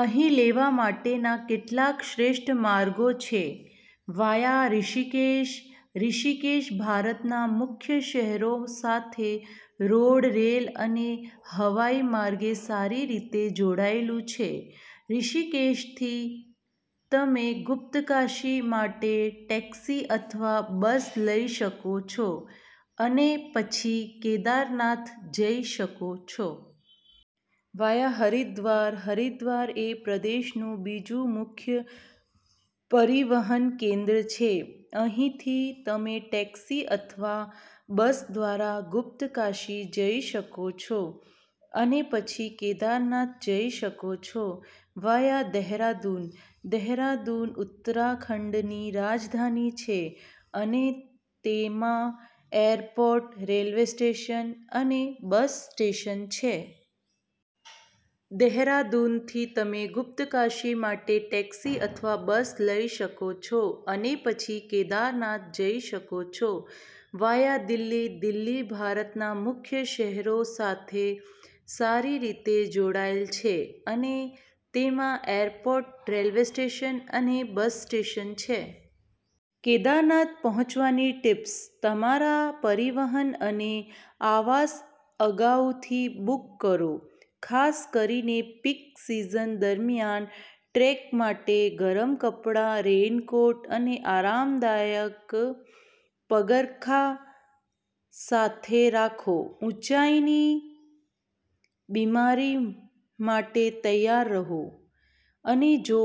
અહીં લેવા માટેના કેટલાક શ્રેષ્ઠ માર્ગો છે:વાયા ઋષિકેશ: ઋષિકેશ ભારતના મુખ્ય શહેરો સાથે રોડ, રેલ અને હવાઈ માર્ગે સારી રીતે જોડાયેલું છે. ઋષિકેશથી, તમે ગુપ્તકાશી માટે ટેક્સી અથવા બસ લઈ શકો છો અને પછી કેદારનાથ જઈ શકો છો. વાયા હરિદ્વાર: હરિદ્વાર એ પ્રદેશનું બીજું મુખ્ય પરિવહન કેન્દ્ર છે. અહીંથી, તમે ટેક્સી અથવા બસ દ્વારા ગુપ્તકાશી જઈ શકો છો અને પછી કેદારનાથ જઈ શકો છો. વાયા દેહરાદૂન: દેહરાદૂન ઉત્તરાખંડની રાજધાની છે અને તેમાં એરપોર્ટ, રેલ્વે સ્ટેશન અને બસ સ્ટેશન છે. દેહરાદૂનથી, તમે ગુપ્તકાશી માટે ટેક્સી અથવા બસ લઈ શકો છો અને પછી કેદારનાથ જઈ શકો છો. વાયા દિલ્હી: દિલ્હી ભારતના મુખ્ય શહેરો સાથે સારી રીતે જોડાયેલ છે અને તેમાં એરપોર્ટ, રેલ્વે સ્ટેશન અને બસ સ્ટેશન છે. કેદારનાથ પહોંચવાની ટિપ્સ તમારા પરિવહન અને આવાસ અગાઉથી બુક કરો, ખાસ કરીને પીક સીઝન દરમિયાન. ટ્રેક માટે ગરમ કપડાં, રેઈનકોટ અને આરામદાયક પગરખાં સાથે રાખો. ઊંચાઈની બીમારી માટે તૈયાર રહો, અને જો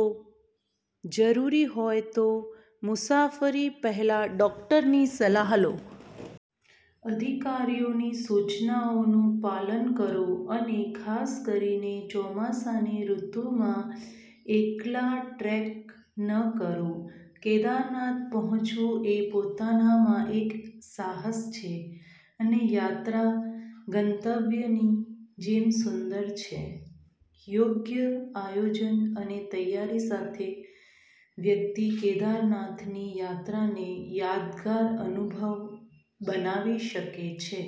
જરૂરી હોય તો મુસાફરી પહેલાં ડૉક્ટરની સલાહ લો. અધિકારીઓની સૂચનાઓનું પાલન કરો, અને ખાસ કરીને ચોમાસાની ઋતુમાં એકલા ટ્રેક ન કરો. કેદારનાથ પહોંચવું એ પોતાનામાં એક સાહસ છે, અને યાત્રા ગંતવ્યની જેમ સુંદર છે. યોગ્ય આયોજન અને તૈયારી સાથે, વ્યક્તિ કેદારનાથની યાત્રાને યાદગાર અનુભવ બનાવી શકે છે.